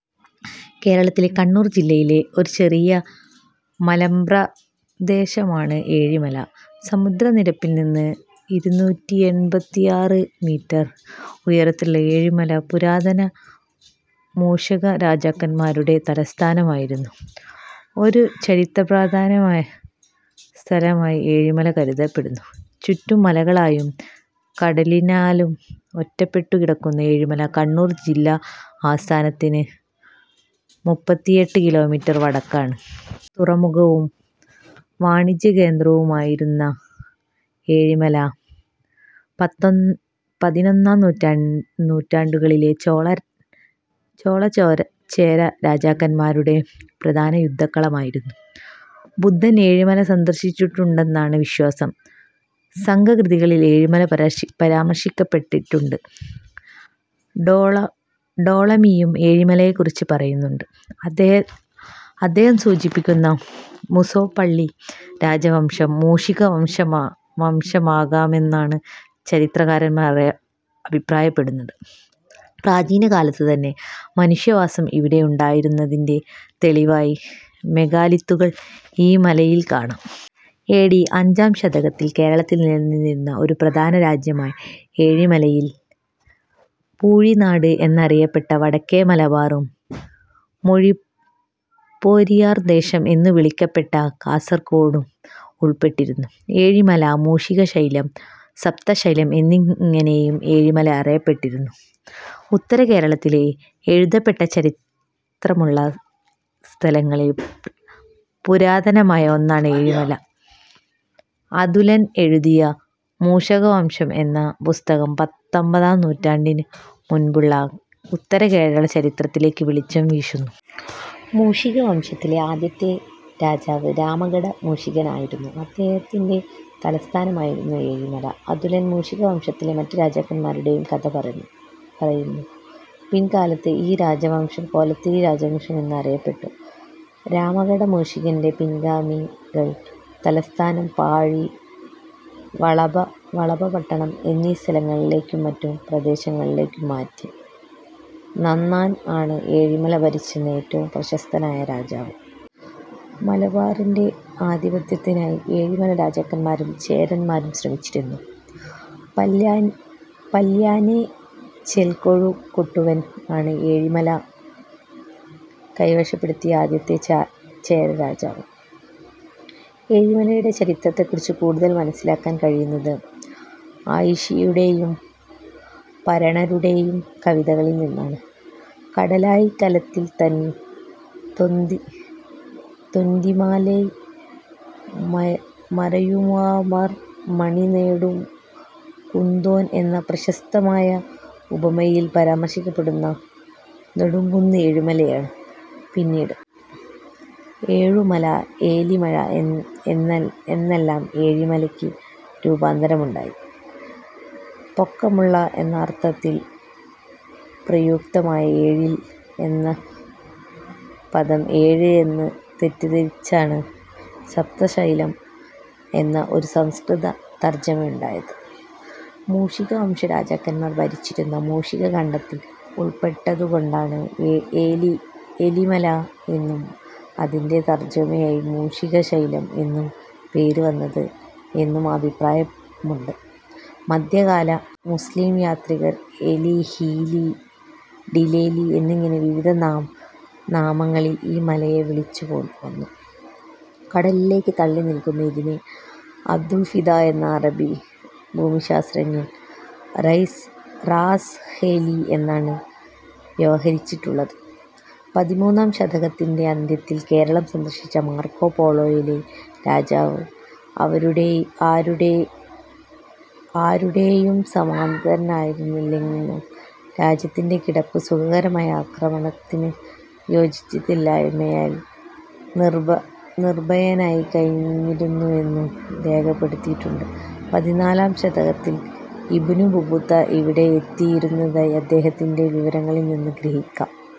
കേരളത്തിലെ കണ്ണൂർ ജില്ലയിലെ ഒരു ചെറിയ മലമ്പ്രദേശമാണ് ഏഴിമല. സമുദ്രനിരപ്പിൽ നിന്ന് ഇരുനൂറ്റി എൺപത്തിയാറ് മീറ്റർ ഉയരത്തിലുള്ള ഏഴിമല പുരാതനമായ മൂഷക രാജാക്കന്മാരുടെ തലസ്ഥാനമായിരുന്നു. ഒരു ചരിത്രപ്രധാനമായ സ്ഥലമായി ഏഴിമല കരുതപ്പെടുന്നു. ചുറ്റും മലകളാലും കടലിനാലും ഒറ്റപ്പെട്ടു കിടക്കുന്ന ഏഴിമല കണ്ണൂർ ജില്ലാ ആസ്ഥാനത്തിന് മുപ്പത്തിയെട്ട് കിലോമീറ്റർ വടക്കാണ്. ഒരു തുറമുഖവും വാണിജ്യകേന്ദ്രവുമായിരുന്ന ഏഴിമല പതിനൊന്നാം നൂറ്റാണ്ടിലെ ചോള ചേര രാജാക്കന്മാരുടെ പ്രധാന യുദ്ധക്കളമായിരുന്നു. ബുദ്ധൻ ഏഴിമല സന്ദർശിച്ചിട്ടുണ്ടെന്നാണ് വിശ്വാസം. സംഘകൃതികളിൽ ഏഴിമല പരാമർശിക്കപ്പെട്ടിട്ടുണ്ട്. ടോളമിയും ഏഴിമലയെക്കുറിച്ച് പറയുന്നുണ്ട്. അദ്ദേഹം സൂചിപ്പിക്കുന്ന മുസ്സോപ്പള്ളി രാജവംശം മൂഷികവംശമാകാമെന്നാണ് ചരിത്രകാരന്മാർ അഭിപ്രായപ്പെടുന്നത്. പ്രാചീനകാലത്തുതന്നെ മനുഷ്യവാസം ഇവിടെ ഉണ്ടായിരുന്നതിൻ്റെ തെളിവായി മെഗാലിത്തുകൾ ഈ മലയിൽ കാണാം. എ ഡി അഞ്ചാം ശതകത്തിൽ കേരളത്തിൽ നിലനിന്നിരുന്ന ഒരു പ്രധാന രാജ്യമായ ഏഴിൽമലയിൽ പൂഴിനാട് എന്നറിയപ്പെട്ട വടക്കേ മലബാറും മൊഴിപെയർദേശം എന്നു വിളിക്കപ്പെട്ട കാസർകോടും ഉൾപ്പെട്ടിരുന്നു. ഏലിമല, മൂഷികശൈലം, സപ്തശൈലം എന്നിങ്ങനെയും ഏഴിമല അറിയപ്പെട്ടിരുന്നു. ഉത്തരകേരളത്തിലെ എഴുതപ്പെട്ട ചരിത്രമുള്ള സ്ഥലങ്ങളിൽ പുരാതനമായ ഒന്നാണ് ഏഴിമല. അതുലൻ എഴുതിയ മൂഷകവംശം എന്ന പുസ്തകം പത്താം നൂറ്റാണ്ടിനു മുൻപുള്ള ഉത്തരകേരള ചരിത്രത്തിലേക്ക് വെളിച്ചം വീശുന്നു. മൂഷികവംശത്തിലെ ആദ്യത്തെ രാജാവ് രാമഘടമൂഷികൻ ആയിരുന്നു. അദ്ദേഹത്തിൻ്റെ തലസ്ഥാനമായിരുന്നു ഏഴിമല. അതുലൻ മൂഷികവംശത്തിലെ മറ്റു രാജാക്കന്മാരുടെയും കഥ പറയുന്നു. പിൽക്കാലത്ത് ഈ രാജവംശം കോലത്തിരി രാജവംശം എന്ന് അറിയപ്പെട്ടു. രാമഘടമൂഷികൻ്റെ പിൻഗാമികൾ തലസ്ഥാനം പാഴി, വളഭപട്ടണം എന്നീ സ്ഥലങ്ങളിലേക്കും മറ്റു പ്രദേശങ്ങളിലേക്കും മാറ്റി. നന്നൻ ആണ് ഏഴിൽമല ഭരിച്ചിരുന്ന ഏറ്റവും പ്രശസ്തനായ രാജാവ്. മലബാറിൻ്റെ ആധിപത്യത്തിനായി ഏഴിമല രാജാക്കന്മാരും ചേരന്മാരും ശ്രമിച്ചിരുന്നു. പൽയാനൈ ചെൽകെഴുകുട്ടുവൻ ആണ് ഏഴിമല കൈവശപ്പെടുത്തിയ ആദ്യത്തെ ചേരരാജാവ്. ഏഴിമലയുടെ ചരിത്രത്തെക്കുറിച്ച് കൂടുതൽ മനസ്സിലാക്കാൻ കഴിയുന്നത് അഴിശ്ശിയുടെയും പരണരുടെയും കവിതകളിൽനിന്നാണ്. കടലാഴ് കലത്തിൽ തോന്റി മാലൈ മറയുമവർ മണിനെടും കുന്റേ എന്ന പ്രസിദ്ധമായ ഉപമയിൽ പരാമർശിക്കപ്പെട്ട നെടുങ്കുന്ന് ഏഴിമലയാണ്. പിന്നീട് എഴുമല, എലിമല എന്നെല്ലാം ഏഴിമലയ്ക്ക് രൂപാന്തരമുണ്ടായി. പൊക്കമുള്ള എന്ന അർഥത്തിൽ പ്രയുക്തമായ ഏഴിൽ എന്ന പദം ഏഴ് എന്ന് തെറ്റിദ്ധരിച്ചാണ് സപ്തശൈലം എന്ന ഒരു സംസ്കൃത തർജുമയുണ്ടായത്. മൂഷികവംശ രാജാക്കന്മാർ ഭരിച്ചിരുന്ന മൂഷികഖണ്ഡത്തിൽ ഉൾപ്പെടുന്നതുകൊണ്ടാണ് എലിമല എന്നും അതിൻ്റെ തർജുമയായി മൂഷികശൈലം എന്നും പേര് വന്നത് എന്നും അഭിപ്രായമുണ്ട്. മധ്യകാല മുസ്ലീം യാത്രികർ എലി, ഹിലി, ഡിലേലി എന്നിങ്ങനെ വിവിധ നാമങ്ങളിൽ ഈ മലയെ വിളിച്ചുവന്നു. കടലിലേക്ക് തള്ളിനിൽക്കുന്ന ഇതിനെ അബ്ദുൽഫിദ എന്ന അറബി ഭൂമിശാസ്ത്രജ്ഞൻ രാസ്ഹെയ്ലി എന്നാണ് വ്യവഹരിച്ചിട്ടുള്ളത്. പതിമൂന്നാം ശതകത്തിൻ്റെ അന്ത്യത്തിൽ കേരളം സന്ദർശിച്ച മാർക്കോ പോളോ യിലെ രാജാവ് ആരുടെയും സാമന്തനായിരുന്നില്ലെന്നും രാജ്യത്തിൻ്റെ കിടപ്പ് സുഖകരമായ ആക്രമണത്തിന് യോജിച്ചതല്ലായ്കയാൽ നിർഭയനായിക്കഴിഞ്ഞിരുന്നുവെന്നും രേഖപ്പെടുത്തിയിട്ടുണ്ട്. പതിനാലാം ശതകത്തിൽ ഇബ്നു ബത്തൂത്ത ഇവിടെ എത്തിയിരുന്നതായി അദ്ദേഹത്തിൻ്റെ വിവരണങ്ങളിൽനിന്ന് ഗ്രഹിക്കാം..